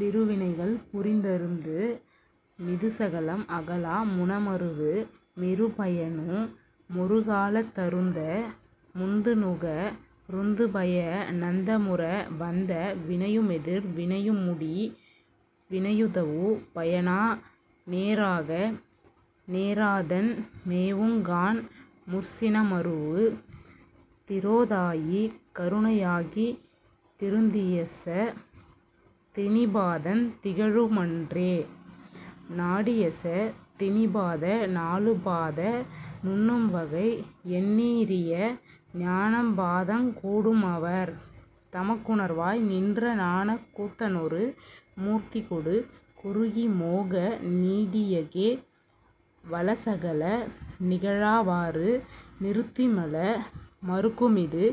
லிருவினைகள் புரிந்தருந்து மிதுசகலம் அகலா முனமருவு மிருபயனு மொருகாலத் தருந்த முந்துநுக ருந்துபய னந்தமுற வந்த வினையுமெதிர் வினையுமுடி வினையுதவு பயனா னேராக நேராதன் மேவுங் கான்முற் சினமருவு திரோதாயி கருணையாகித் திருந்தியசத் திநிபாதந் திகழு மன்றே. நாடியசத் திநிபாத நாலு பாத நண்ணும்வகை யெண்ணரிய ஞான பாதங் கூடுமவர் தமக்குணர்வாய் நின்ற ஞானக் கூத்தனொரு மூர்த்திகொடு குறுகி மோக நீடியகே வலசகல நிகழாவாறு நிறுத்திமல மறுக்குமிது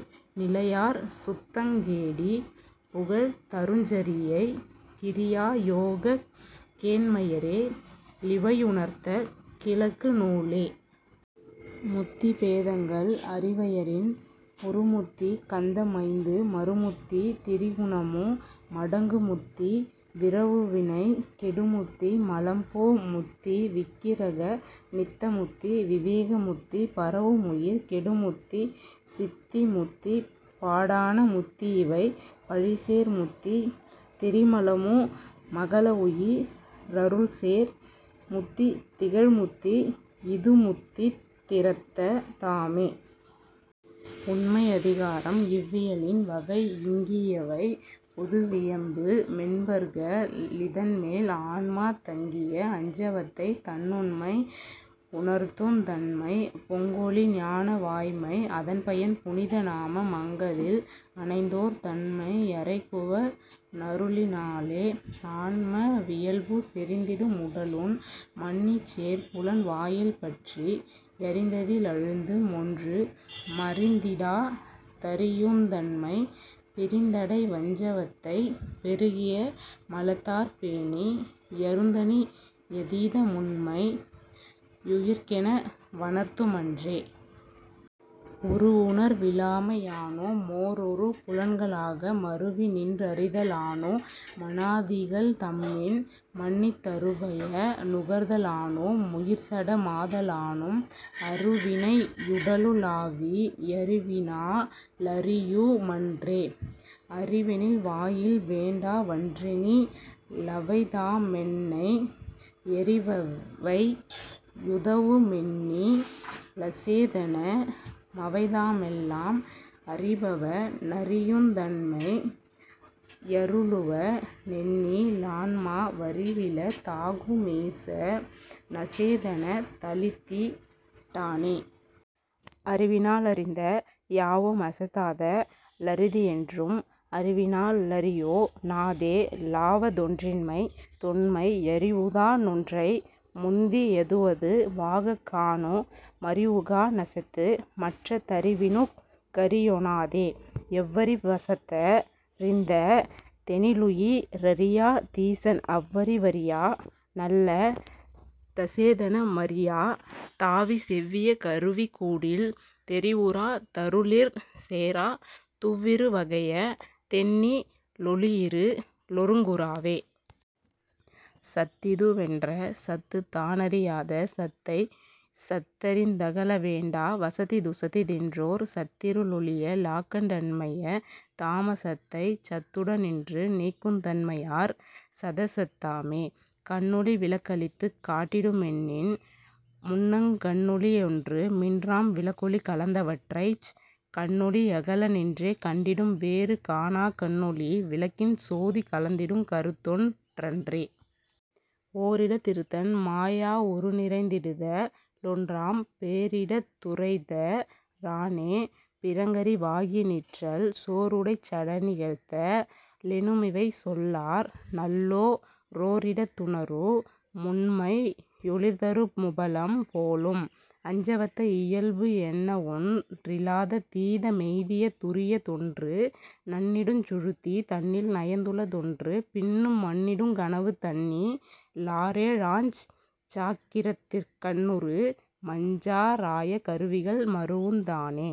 நிலையார் சுத்தங் கேடி புகழ் தருஞ்சரியை கிரியா யோகக் கேண்மையரே லிவையுணர்த்தக் கிளக்கு நூலே. முத்தி பேதங்கள் அரிவையரின் புறுமுத்தி கந்த மைந்து மறுமுத்தி திரிகுணமு மடங்கு முத்தி விரவுவினை கெடுமுத்தி மலம்போ முத்தி விக்கிரக நித்தமுத்தி விவேக முத்தி பரவுமுயிர் கெடுமுத்தி சித்தி முத்தி பாடாண முத்தியிவை பழிசேர் முத்தி திரிமலமு மகலவுயி ரருள்சேர் முத்தி திகழ்முத்தி யிதுமுத்தித் திறத்த தாமே. உண்மை அதிகாரம் இவ்வியலின் வகை இங்கியவை பொதுவி யம்பு மென்பர்க ளிதன்மேல் ஆன்மாத் தங்கிய அஞ்சவத்தை தன்னுண்மை உணர்த்துந் தன்மை பொங்கொளி ஞான வாய்மை அதன்பயன் புனித னாம மங்கதில் அணைந்தோர் தன்மை யறைகுவ னருளி னாலே.. ஆன்ம வியல்பு செறிந்திடு முடலுண் மன்னிச் சேர்புலன் வாயில்பற்றி யறிந்ததி லழுந்து மொன்று மறிந்திடா தறியுந்தன்மை பிறிந்தடை வஞ்ச வத்தை பெருகிய மலத்தாற்பேணி யுறுந்தனி யதீத முண்மை யுயிர்க்கென வுணர்த்துமன்றே. உருவுணர் விலாமை யானு மோரொரு புலன்களாக மருவிநின் றறித லானு மனாதிகள் தம்மின் மன்னித் தருபய னுகர்த லானு முயிர்சட மாத லானும் அருவினை யுடலு ளாவி யறிவினா லறியு மன்றே. அறிவெனில் வாயில் வேண்டா வன்றெனி லவைதாமென்னை யறிவவை யுதவு மென்னி லசேதன மவைதாமெல்லாம் அறிபவ னறியுந் தன்மை யருளுவ னென்னி லான்மா வறிவில தாகு மீச னசேதனத் தளித்தி டானே. அறிவினா லறிந்த யாவு மசத்தாத லறிதி யென்றும் அறிவினா லறியொ ணாதே லாவதொன்றின்மை தொன்மை யறி வுதா னொன்றை முந்தி யதுவது வாகக் காணு மறிவுகா ணசத்து மற்ற தறிவினுக் கறியொணாதே. எவ்வறி வசத்த றிந்த தெனிலுயி ரறியா தீசன் அவ்வறி வறியா னல்ல தசேதன மறியா தாவி செவ்விய கருவி கூடில் தெரிவுறா தருளிற் சேரா துவ்விரு வகைய தென்னி லொளியிரு ளொருங்குறாவே. சத்திது வென்ற சத்துத் தானறி யாத சத்தைத் சத்தறிந் தகலவேண்டா வசத்திதுசத்தி தென்றோர் சத்திரு ளொளிய லாக்கண் டன்மைய தாம சத்தைச் சத்துட னின்று நீக்குந் தன்மையாற் சதசத்தாமே. கண்ணொளி விளக்களித்துக் காட்டிடுமென்னின் முன்னங் கண்ணொளி யொன்று மின்றாம் விளக்கொளி கலந்த வற்றைச் கண்ணொளி யகல நின்றே கண்டிடும் வேறு காணாக் கண்ணொளி விளக்கின் சோதி கலந்திடுங் கருத்தொன் றன்றே. ஓரிடத் திருத்தன் மாயா வுருநிறைந் திடுத லொன்றாம் பேரிடத் துறைத றானே பிறங்கறி வாகி நிற்றல் சோர்வுடைச் சடநி கழ்த்த லெனுமிவை சொல்லார் நல்லோ ரோரிடத் துணரு முண்மை யொளிர்தரு முபலம் போலும்.. அஞ்சவத்தை இயல்பு எண்ணவொன் றிலாத தீத மெய்திய துரியத் தொன்று நண்ணிடுஞ் சுழுத்தி தன்னில் நயந்துள தொன்று பின்னு மண்ணிடுங் கனவு தன்னி லாறேழாஞ் சாக்கிரத்திற் கண்ணுறு மஞ்சா றாய கருவிகள் மருவுந் தானே.